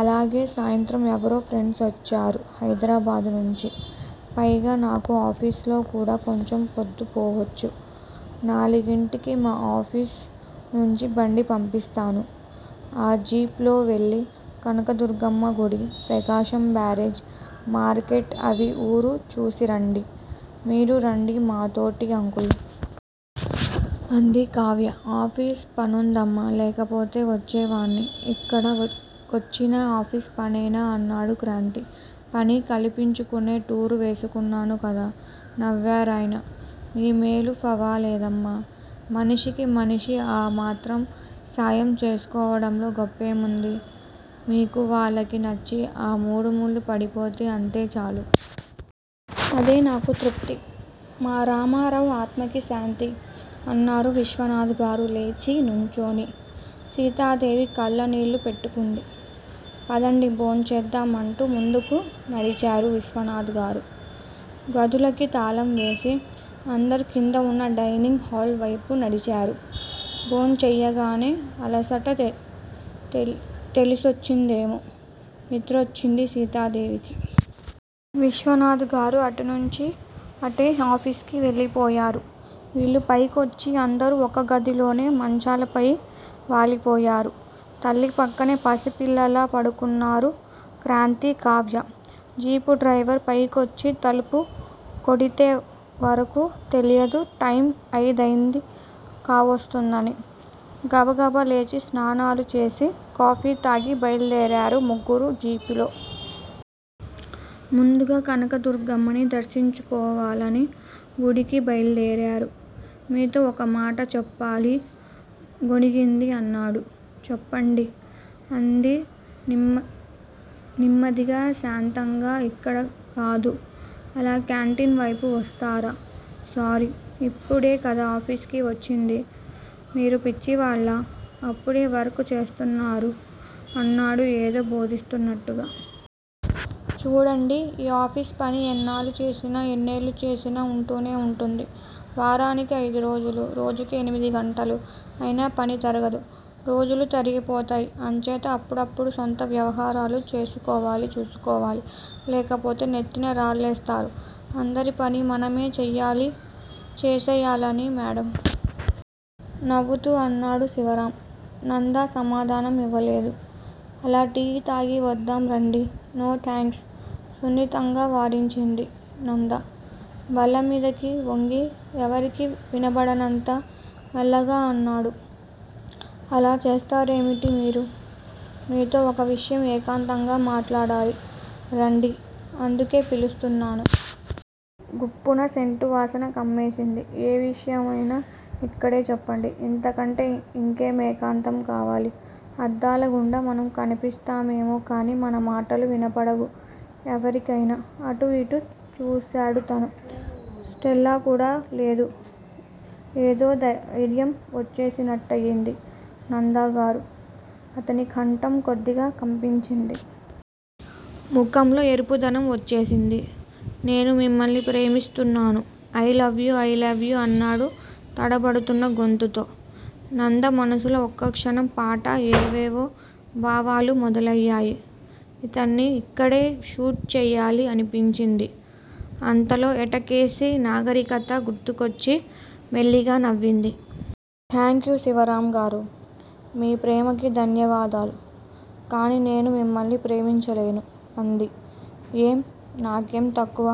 అలాగే సాయంత్రం ఎవరో ఫ్రెండ్సొచ్చారు హైదరాబాదు నుంచి. పైగా నాకు ఆఫీసులో కూడా కొంచెం పొద్దు పోవొచ్చు. నాలుగింటికి మా ఆఫీసు నుంచి బండి పంపిస్తాను. ఆ జీప్ లో వెళ్ళి కనకదుర్గమ్మ గుడి, ప్రకాశం బ్యారేజ్, మార్కెట్టూ అవీ ఊరు చూసిరండి. మీరూ రండి మాతోటీ అంకుల్! అంది కావ్య. ఆఫీసు పనుందమ్మా! లేకపోతే వొచ్చేవాణ్ణే! ఇక్కడ కొచ్చినా ఆఫీసుపనేనా? అన్నాడు క్రాంతి. పని కల్పించుకునే టూర్ వేసుకున్నాను కదా! నవ్వారాయన. మీ మేలు ఫరవాలేదమ్మా! మనిషికి మనిషి ఆ మాత్రం సాయం చేసుకోవడంలో గొప్పేముంది? మీకూ వాళ్లకీ నచ్చి, ఆ మూడుముళ్ళుపడిపోతే అంతే చాలు. అదే నాకు తృప్తి. మా రామారావు ఆత్మకి శాంతి! అన్నారు విశ్వనాదు గారు లేచి నుంచుని! సీతాదేవి కళ్లనీళ్ళు పెట్టుకుంది. పదండి భోంచేద్దాం అంటూ ముందుకు నడిచారు విశ్వనాధ్ గారు. గదులకి తాళాలువేసి, అందరూ కిందవున్న డైనింగ్ హాలు వైపు నడిచారు. భోంచెయ్యగానే అలసట తెలిసొచ్చిందేమో, నిద్రొచ్చింది సీతాదేవికి. విశ్వనాధ్ గారు అటునుంచి అటే ఆఫీసుకి వెళ్ళిపోయారు. వీళ్ళు పైకొచ్చి, అందరూ ఒక్క గదిలోనే మంచాల పైన వాలిపోయారు. తల్లి పక్కన పసిపిల్లల్లా పడుకున్నారు క్రాంతీ, కావ్య! జీపు డ్రైవర్ పైకొచ్చి తలుపు కొడితే వరకూ తెలీదు, టైము అయిదు కావొస్తోందని. గబగబా లేచి స్నానాలు చేసి, కాఫీ తాగి బయలుదేరారు ముగ్గురూ జీపులో. ముందుగా కనకదుర్గమ్మని దర్శించుకోవాలని గుడికే బయలుదేరారు. మీతో ఓ మాట చెప్పాలి! గొణిగింది అన్నాడు. చెప్పండి! అంది నిమ్మ దిగా శాంతంగా. ఇక్కడ కాదు! అలా కేంటీన్ వైపు వస్తారా? సారీ! ఇప్పుడే కదా ఆఫీసుకు వచ్చింది. మీరు పిచ్చివాళ్ళ అప్పుడే వర్క్ చేస్తున్నారు అన్నాడు ఏదో భోధిస్తున్నట్టుగా. చూడండి ఈ ఆఫేసు పని ఎన్నాళ్ళు చేసినా ఎన్నేళ్ళు చేసినా వుంటూనే వుంటుంది. వారానికి అయిదురోజులు రోజుకి ఎనిమిది గంటలు! అయినా పని తరగదు! రోజులు తరిగిపోతాయి. అంచేత అప్పుడప్పుడు స్వంత వ్యవహారాలు చూసుకోవాలి. చేసుకోవాలి! లేకపోతే నెత్తిన రాళ్ళేస్తారు అందరి పని మనమే చేసెయ్యాలని మేడం! నవ్వుతూ అన్నాడు శివరాం. నంద సమాధానం ఇవ్వలేదు. అలా టీ తాగి వద్దాం రండి! No thanks! సున్నితంగా వారించింది నంద. బల్లమీదికి వంగి ఎవరికీ వినబడనంత మెల్లగా అన్నాడు. అలా చేస్తారేమిటి మీరు? మీతో ఓ విషయం ఏకాంతంగా మాట్లాడాలి! రండి! అందుకే పిలుస్తున్నాను! గుప్పున సెంటు వాసన కమ్మేసింది. ఏ విషయమైన ఇక్కడే చెప్పండి! ఇంతకంటే ఇంకేం ఏకాంతం కావాలి? అద్దాలగుండా మనం కనిపిస్తామెమో కానీ మన మాటలు వినిపించవు ఎవరికైనా. అటు యిటు చూశాడతను. స్టెల్లాకూడా లేదు. ఏదో ధైర్యం వచ్చేసినట్టెయింది. నందగారూ! అతని కంఠం కొద్దిగా కంపించింది. ముఖంలో ఎరుపు దనం వచ్చేసింది. నేను మిమ్మల్ని ప్రేమిస్తున్నాను. I love you! I love you! అన్నాడు తడబడ్తోన్న గొంతుతో. నంద మనస్సులో ఒక్కక్షణం పాటు ఏవేవో భావాలు మెదిలాయి. ఇతన్నిక్కడే షూట్ చేయాలి! అనిపించింది. అంతలో ఎటకసీ, నాగరికతా గుర్తుకొచ్చి మెల్లిగా నవ్వింది. థాంక్యూ శివరాంగారూ! మీ ప్రేమకి ధన్యవాదాలు కానీ నేను మిమ్మల్ని ప్రేమించలేను! అంది. ఏం? నాకేo తక్కువ!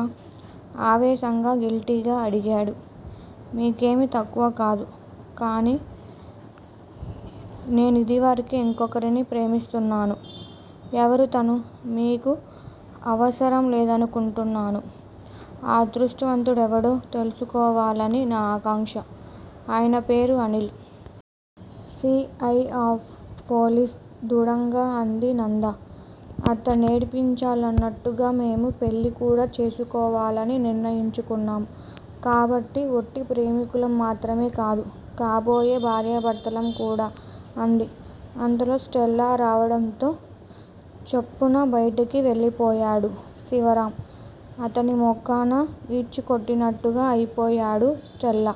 ఆవేశంగా గిల్టీగా అడిగాడు. మీకేమీ తక్కువ కాదు. కానీ నేనిదివరకే ఇంకొకర్ని ప్రేమిస్తున్నాను. ఎవరు తను? మీకు అవసరం లేదనుకుంటున్నాను! ఆ అదృష్టవంతుడెవడో తెలుసుకోవాలని నా ఆకాంక్ష! ఆయన పేరు Anil! C. I. Of police! దృఢంగా అంది నంద. అతన్నేడిపించాలన్నట్టుగా మేం పెళ్ళి కూడా చేసుకోవాలని నిర్ణయించుకున్నాం. కాబట్టి ఒట్టి ప్రేమికులo మాత్రమే కాదు! కాబోయే భార్యాభర్తలం కూడా! అంది. అంతలో స్టెల్లా రావటంతో చప్పున బయటికి వెళ్ళిపోయాడు శివరాం! అతని ముఖాన యీడ్చికొట్టినట్టిగా అయిపోయాడు. స్టెల్లా